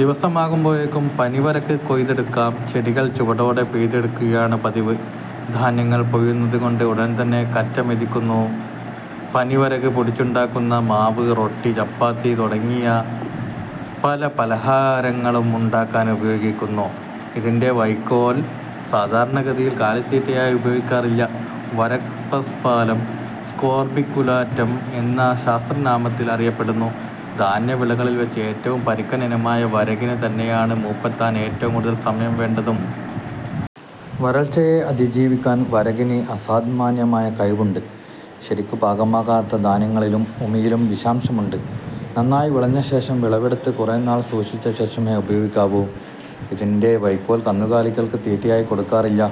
ദിവസമാകുമ്പോഴേക്കും പനിവരക് കൊയ്തെടുക്കാം. ചെടികൾ ചുവടോടെ പിഴുതെടുക്കുകയാണു പതിവ്. ധാന്യങ്ങൾ പൊഴിയുന്നതുകൊണ്ട് ഉടൻതന്നെ കറ്റ മെതിക്കുന്നു. പനിവരക് പൊടിച്ചുണ്ടാക്കുന്ന മാവ് റൊട്ടി, ചപ്പാത്തി തുടങ്ങിയ പല പലഹാരങ്ങളുണ്ടാക്കാനുപയോഗിക്കുന്നു. ഇതിന്റെ വയ്ക്കോൽ സാധാരണഗതിയിൽ കാലിത്തീറ്റയായി ഉപയോഗിക്കാറില്ല. വരക് പസ്പാലം സ്കോർബിക്കുലാറ്റം എന്ന ശാസ്ത്രനാമത്തിൽ അറിയപ്പെടുന്നു. ധാന്യവിളകളിൽവച്ച് ഏറ്റവും പരുക്കൻ ഇനമായ വരകിനു തന്നെയാണ് മൂപ്പെത്താൻ ഏറ്റവും കൂടുതൽ സമയം വേണ്ടതും. വരൾച്ചയെ അതിജീവിക്കാൻ വരകിന് അസാമാന്യമായ കഴിവുണ്ട്. ശരിക്കു പാകമാകാത്ത ധാന്യങ്ങളിലും ഉമിയിലും വിഷാംശമുണ്ട്. നന്നായി വിളഞ്ഞശേഷം വിളവെടുത്ത് കുറേനാൾ സൂക്ഷിച്ചശേഷമേ ഉപയോഗിക്കാവൂ. ഇതിന്റെ വയ്ക്കോൽ കന്നുകാലികൾക്ക് തീറ്റയായി കൊടുക്കാറില്ല.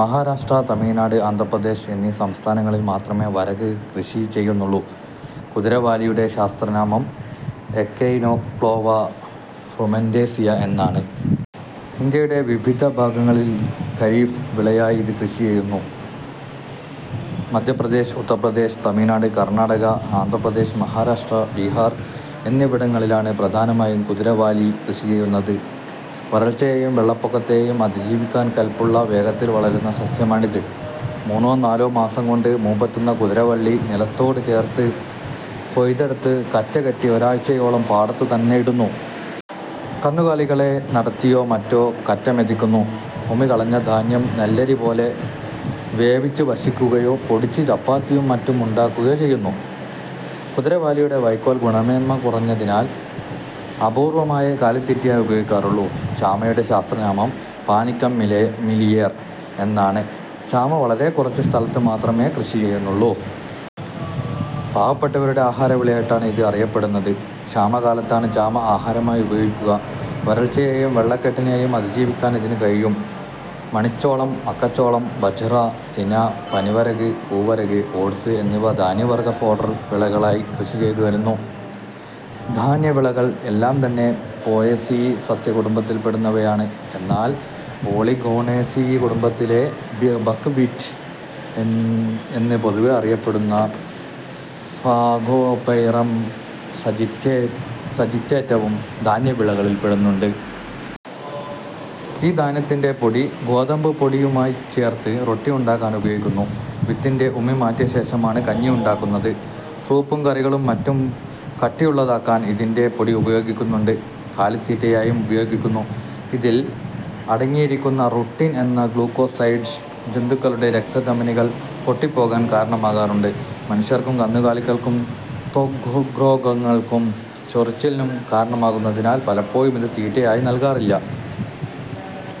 മഹാരാഷ്ട്ര, തമിഴ്നാട്, ആന്ധ്രപ്രദേശ് എന്നീ സംസ്ഥാനങ്ങളിൽ മാത്രമേ വരക് കൃഷി ചെയ്യുന്നുള്ളൂ. കുതിരവാലിയുടെ ശാസ്ത്രനാമം: എക്കൈനോക്ളോവ ഫ്രുമെന്റേസിയ എന്നാണ്. ഇന്ത്യയുടെ വിവിധ ഭാഗങ്ങളിൽ ഖരീഫ് വിളയായി ഇത് കൃഷിചെയ്യുന്നു. മധ്യപ്രദേശ്, ഉത്തർപ്രദേശ്, തമിഴ്നാട്, കർണാടക, ആന്ധ്രപ്രദേശ്, മഹാരാഷ്ട്ര, ബിഹാർ എന്നിവിടങ്ങളിലാണ് പ്രധാനമായും കുതിരവാലി കൃഷിചെയ്യുന്നത്. വരൾച്ചയെയും വെള്ളപ്പൊക്കത്തെയും അതിജീവിക്കാൻ കെല്പുള്ള, വേഗത്തിൽ വളരുന്ന സസ്യമാണിത്. മൂന്നോ നാലോ മാസംകൊണ്ട് മൂപ്പെത്തുന്ന കുതിരവള്ളി നിലത്തോടു ചേർത്ത് കൊയ്തെടുത്തു കറ്റകെട്ടി ഒരാഴ്ചയോളം പാടത്തുതന്നെ ഇടുന്നു. കന്നുകാലികളെ നടത്തിയോ മറ്റോ കറ്റ മെതിക്കുന്നു. ഉമി കളഞ്ഞ ധാന്യം നെല്ലരി പോലെ വേവിച്ചു ഭക്ഷിക്കുകയോ പൊടിച്ച് ചപ്പാത്തിയും മറ്റും ഉണ്ടാക്കുകയോ ചെയ്യുന്നു. കുതിരവാലിയുടെ വയ്ക്കോൽ ഗുണമേന്മ കുറഞ്ഞതായതിനാൽ അപൂർവമായേ കാലിത്തീറ്റയായി ഉപയോഗിക്കാറുള്ളൂ. ചാമയുടെ ശാസ്ത്രനാമം: പാനിക്കം മിലിയേർ. എന്നാണ്. ചാമ വളരെ കുറച്ചു സ്ഥലത്തു മാത്രമേ കൃഷിചെയ്യുന്നുള്ളൂ. പാവപ്പെട്ടവരുടെ ആഹാരവിളയായിട്ടാണ് ഇത് അറിയപ്പെടുന്നത്. ക്ഷാമകാലത്താണ് ചാമ ആഹാരമായി ഉപയോഗിക്കുക. വരൾച്ചയെയും വെള്ളക്കെട്ടിനെയും അതിജീവിക്കാൻ ഇതിനു കഴിയും. മണിച്ചോളം, മക്കച്ചോളം, ബജ്റ, തിന, പനിവരക്, കൂവരക്, ഓട്സ് എന്നിവ ധാന്യവർഗ ഫോഡർ വിളകളായി കൃഷിചെയ്തുവരുന്നു. ധാന്യവിളകൾ എല്ലാംതന്നെ പോയേസീ സസ്യകുടുംബത്തിൽപ്പെടുന്നവയാണ്. എന്നാൽ പോളിഗോണേസീ കുടുംബത്തിലെ ബക് വീറ്റ് എന്ന് പൊതുവേ അറിയപ്പെടുന്ന ഫാഗോപൈറം സജിറ്റേറ്റവും ധാന്യവിളകളിൽപ്പെടുന്നു. ഈ ധാന്യത്തിന്റെ പൊടി ഗോതമ്പുപൊടിയുമായിച്ചേർത്ത് റൊട്ടിയുണ്ടാക്കാനുപയോഗിക്കുന്നു. വിത്തിന്റെ ഉമി മാറ്റിയശേഷമാണ് കഞ്ഞിയുണ്ടാക്കുന്നത്. സൂപ്പും കറികളും മറ്റും കട്ടിയുള്ളതാക്കാൻ ഇതിന്റെ പൊടി ഉപയോഗിക്കുന്നുണ്ട്. കാലിത്തീറ്റയായും ഉപയോഗിക്കുന്നു. ഇതിൽ അടങ്ങിയിരിക്കുന്ന റുട്ടിൻ എന്ന ഗ്ളൂക്കോസൈഡ് ജന്തുക്കളുടെ രക്തധമനികൾ പൊട്ടിപ്പോകാൻ കാരണമാകാറുണ്ട്. മനുഷ്യർക്കും കന്നുകാലികൾക്കും ത്വഗ്രോഗങ്ങൾക്കും ചൊറിച്ചിലിനും കാരണമാകുന്നതിനാൽ പലപ്പോഴും ഇത് തീറ്റയായി നല്കാറില്ല.